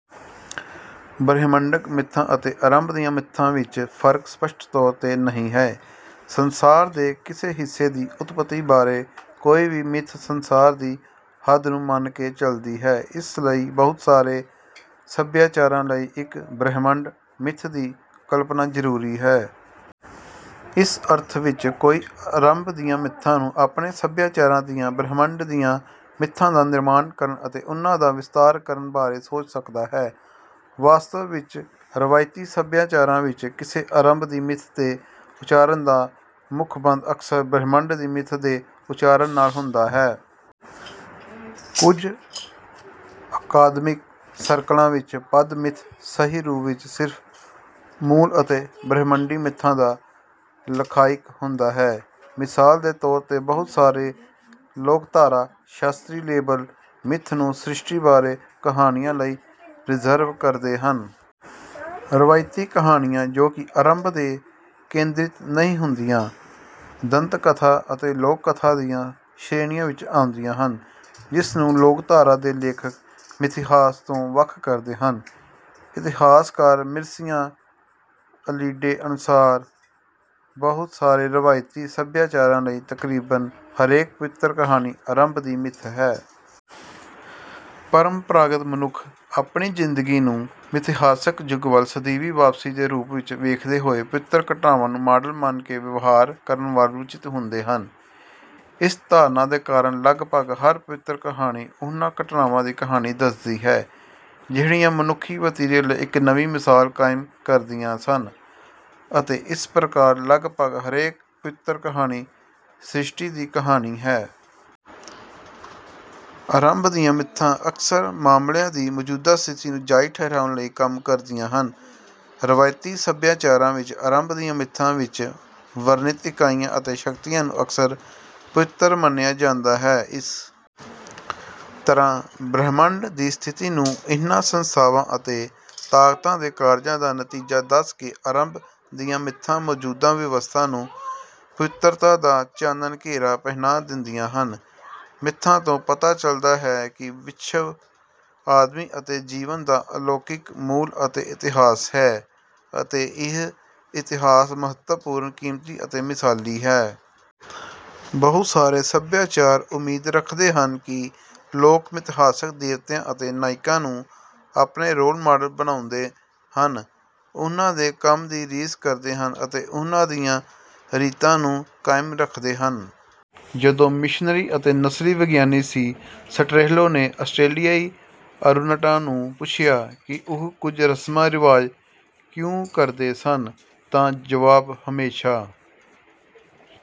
ਬ੍ਰਹਿਮੰਡਕ ਮਿੱਥਾਂ ਅਤੇ ਆਰੰਭ ਦੀਆਂ ਮਿੱਥਾਂ ਵਿੱਚ ਫਰਕ ਸਪੱਸ਼ਟ ਤੌਰ ਤੇ ਨਹੀਂ ਹੈ। ਸੰਸਾਰ ਦੇ ਕਿਸੇ ਹਿੱਸੇ ਦੀ ਉਤਪਤੀ ਬਾਰੇ ਕੋਈ ਵੀ ਮਿੱਥ ਸੰਸਾਰ ਦੀ ਹੋਂਦ ਨੂੰ ਮੰਨ ਕੇ ਚੱਲਦੀ ਹੈ। ਇਸ ਲਈ ਬਹੁਤ ਸਾਰੇ ਸਭਿਆਚਾਰਾਂ ਲਈ, ਇੱਕ ਬ੍ਰਹਿਮੰਡ ਮਿੱਥ ਦੀ ਕਲਪਨਾ ਜ਼ਰੂਰੀ ਹੈ। ਇਸ ਅਰਥ ਵਿੱਚ, ਕੋਈ ਆਰੰਭ ਦੀਆਂ ਮਿੱਥਾਂ ਨੂੰ ਆਪਣੇ ਸਭਿਆਚਾਰਾਂ ਦੀਆਂ 'ਬ੍ਰਹਿਮੰਡ ਦੀਆਂ ਮਿੱਥਾਂ' ਦਾ ਨਿਰਮਾਣ ਕਰਨ ਅਤੇ ਉਨ੍ਹਾਂ ਦਾ ਵਿਸਤਾਰ ਕਰਨ ਬਾਰੇ ਸੋਚ ਸਕਦਾ ਹੈ। ਵਾਸਤਵ ਵਿੱਚ, ਰਵਾਇਤੀ ਸਭਿਆਚਾਰਾਂ ਵਿੱਚ, ਕਿਸੇ ਆਰੰਭ ਦੀ ਮਿੱਥ ਦੇ ਉਚਾਰਨ ਦਾ ਮੁੱਖਬੰਧ ਅਕਸਰ ਬ੍ਰਹਿਮੰਡ ਦੀ ਮਿੱਥ ਦੇ ਉਚਾਰਨ ਨਾਲ ਹੁੰਦਾ ਹੈ। ਕੁਝ ਅਕਾਦਮਿਕ ਸਰਕਲਾਂ ਵਿੱਚ, ਪਦ "ਮਿੱਥ" ਸਹੀ ਰੂਪ ਵਿੱਚ ਸਿਰਫ ਮੂਲ ਅਤੇ ਬ੍ਰਹਿਮੰਡੀ ਮਿੱਥਾਂ ਦਾ ਲਖਾਇਕ ਹੁੰਦਾ ਹੈ। ਮਿਸਾਲ ਦੇ ਤੌਰ ਤੇ, ਬਹੁਤ ਸਾਰੇ ਲੋਕਧਾਰਾ ਸ਼ਾਸਤਰੀ ਲੇਬਲ "ਮਿੱਥ" ਨੂੰ ਸ੍ਰਿਸ਼ਟੀ ਬਾਰੇ ਕਹਾਣੀਆਂ ਲਈ ਰਿਜ਼ਰਵ ਕਰਦੇ ਹਨ। ਰਵਾਇਤੀ ਕਹਾਣੀਆਂ, ਜੋ ਕਿ ਆਰੰਭ 'ਤੇ ਕੇਂਦਰਿਤ ਨਹੀਂ ਹੁੰਦੀਆਂ, 'ਦੰਤਕਥਾ' ਅਤੇ 'ਲੋਕ ਕਥਾ' ਦੀਆਂ ਸ਼੍ਰੇਣੀਆਂ ਵਿੱਚ ਆਉਂਦੀਆਂ ਹਨ, ਜਿਸਨੂੰ ਲੋਕਧਾਰਾ ਦੇ ਲੇਖਕ ਮਿਥਿਹਾਸ ਤੋਂ ਵੱਖ ਕਰਦੇ ਹਨ। ਇਤਿਹਾਸਕਾਰ ਮਿਰਸੀਆ ਅਲੀਡੇ ਅਨੁਸਾਰ, ਬਹੁਤ ਸਾਰੇ ਰਵਾਇਤੀ ਸੱਭਿਆਚਾਰਾਂ ਲਈ, ਤਕਰੀਬਨ ਹਰੇਕ ਪਵਿੱਤਰ ਕਹਾਣੀ ਆਰੰਭ ਦੀ ਮਿੱਥ ਹੈ। ਪਰੰਪਰਾਗਤ ਮਨੁੱਖ ਆਪਣੀ ਜ਼ਿੰਦਗੀ ਨੂੰ ਮਿਥਿਹਾਸਿਕ ਯੁੱਗ ਵੱਲ "ਸਦੀਵੀ ਵਾਪਸੀ" ਦੇ ਰੂਪ ਵਿੱਚ ਵੇਖਦੇ ਹੋਏ ਪਵਿੱਤਰ ਘਟਨਾਵਾਂ ਨੂੰ ਮਾਡਲ ਮੰਨ ਕੇ ਵਿਵਹਾਰ ਕਰਨ ਵੱਲ ਰੁਚਿਤ ਹੁੰਦੇ ਹਨ। ਇਸ ਧਾਰਨਾ ਦੇ ਕਾਰਨ, ਲਗਭਗ ਹਰ ਪਵਿੱਤਰ ਕਹਾਣੀ ਉਹਨਾਂ ਘਟਨਾਵਾਂ ਦੀ ਕਹਾਣੀ ਦੱਸਦੀ ਹੈ ਜਿਹੜੀਆਂ ਮਨੁੱਖੀ ਵਤੀਰੇ ਲਈ ਇੱਕ ਨਵੀਂ ਮਿਸਾਲ ਕਾਇਮ ਕਰਦੀਆਂ ਸਨ, ਅਤੇ ਇਸ ਪ੍ਰਕਾਰ ਲਗਭਗ ਹਰੇਕ ਪਵਿੱਤਰ ਕਹਾਣੀ ਸ੍ਰਿਸ਼ਟੀ ਦੀ ਕਹਾਣੀ ਹੈ। ਆਰੰਭ ਦੀਆਂ ਮਿੱਥਾਂ ਅਕਸਰ ਮਾਮਲਿਆਂ ਦੀ ਮੌਜੂਦਾ ਸਥਿਤੀ ਨੂੰ ਜਾਇਜ਼ ਠਹਿਰਾਉਣ ਲਈ ਕੰਮ ਕਰਦੀਆਂ ਹਨ। ਰਵਾਇਤੀ ਸੱਭਿਆਚਾਰਾਂ ਵਿੱਚ, ਆਰੰਭ ਦੀਆਂ ਮਿੱਥਾਂ ਵਿੱਚ ਵਰਣਿਤ ਇਕਾਈਆਂ ਅਤੇ ਸ਼ਕਤੀਆਂ ਨੂੰ ਅਕਸਰ ਪਵਿੱਤਰ ਮੰਨਿਆ ਜਾਂਦਾ ਹੈ। ਇਸ ਤਰ੍ਹਾਂ ਬ੍ਰਹਿਮੰਡ ਦੀ ਸਥਿਤੀ ਨੂੰ ਇਹਨਾਂ ਸੰਸਥਾਵਾਂ ਅਤੇ ਤਾਕਤਾਂ ਦੇ ਕਾਰਜਾਂ ਦਾ ਨਤੀਜਾ ਦੱਸ ਕੇ ਆਰੰਭ ਦੀਆਂ ਮਿੱਥਾਂ ਮੌਜੂਦਾ ਵਿਵਸਥਾ ਨੂੰ ਪਵਿੱਤਰਤਾ ਦਾ ਚਾਨਣ ਘੇਰਾ ਪਹਿਨਾ ਦਿੰਦੀਆਂ ਹਨ: "ਮਿੱਥਾਂ ਤੋਂ ਪਤਾ ਚਲਦਾ ਹੈ ਕਿ ਵਿਸ਼ਵ, ਆਦਮੀ ਅਤੇ ਜੀਵਨ ਦਾ ਅਲੌਕਿਕ ਮੂਲ ਅਤੇ ਇਤਿਹਾਸ ਹੈ ਅਤੇ ਇਹ ਇਤਿਹਾਸ ਮਹੱਤਵਪੂਰਣ, ਕੀਮਤੀ ਅਤੇ ਮਿਸਾਲੀ ਹੈ।" ਬਹੁਤ ਸਾਰੇ ਸਭਿਆਚਾਰ ਉਮੀਦ ਰੱਖਦੇ ਹਨ ਕਿ ਲੋਕ ਮਿਥਿਹਾਸਕ ਦੇਵਤਿਆਂ ਅਤੇ ਨਾਇਕਾਂ ਨੂੰ ਆਪਣੇ ਰੋਲ ਮਾਡਲ ਬਣਾਉਂਦੇ ਹਨ, ਉਹਨਾਂ ਦੇ ਕੰਮ ਦੀ ਰੀਸ ਕਰਦੇ ਹਨ ਅਤੇ ਉਹਨਾਂ ਦੀਆਂ ਰੀਤਾਂ ਨੂੰ ਕਾਇਮ ਰੱਖਦੇ ਹਨ। ਜਦੋਂ ਮਿਸ਼ਨਰੀ ਅਤੇ ਨਸਲੀ ਵਿਗਿਆਨੀ ਸੀ. ਸਟਰੇਹਲੋ ਨੇ ਆਸਟ੍ਰੇਲੀਆਈ ਅਰੂਨਟਾ ਨੂੰ ਪੁੱਛਿਆ ਕਿ ਉਹ ਕੁਝ ਰਸਮਾਂ ਰਿਵਾਜ ਕਿਉਂ ਕਰਦੇ ਸਨ, ਤਾਂ ਜਵਾਬ ਹਮੇਸ਼ਾਂ।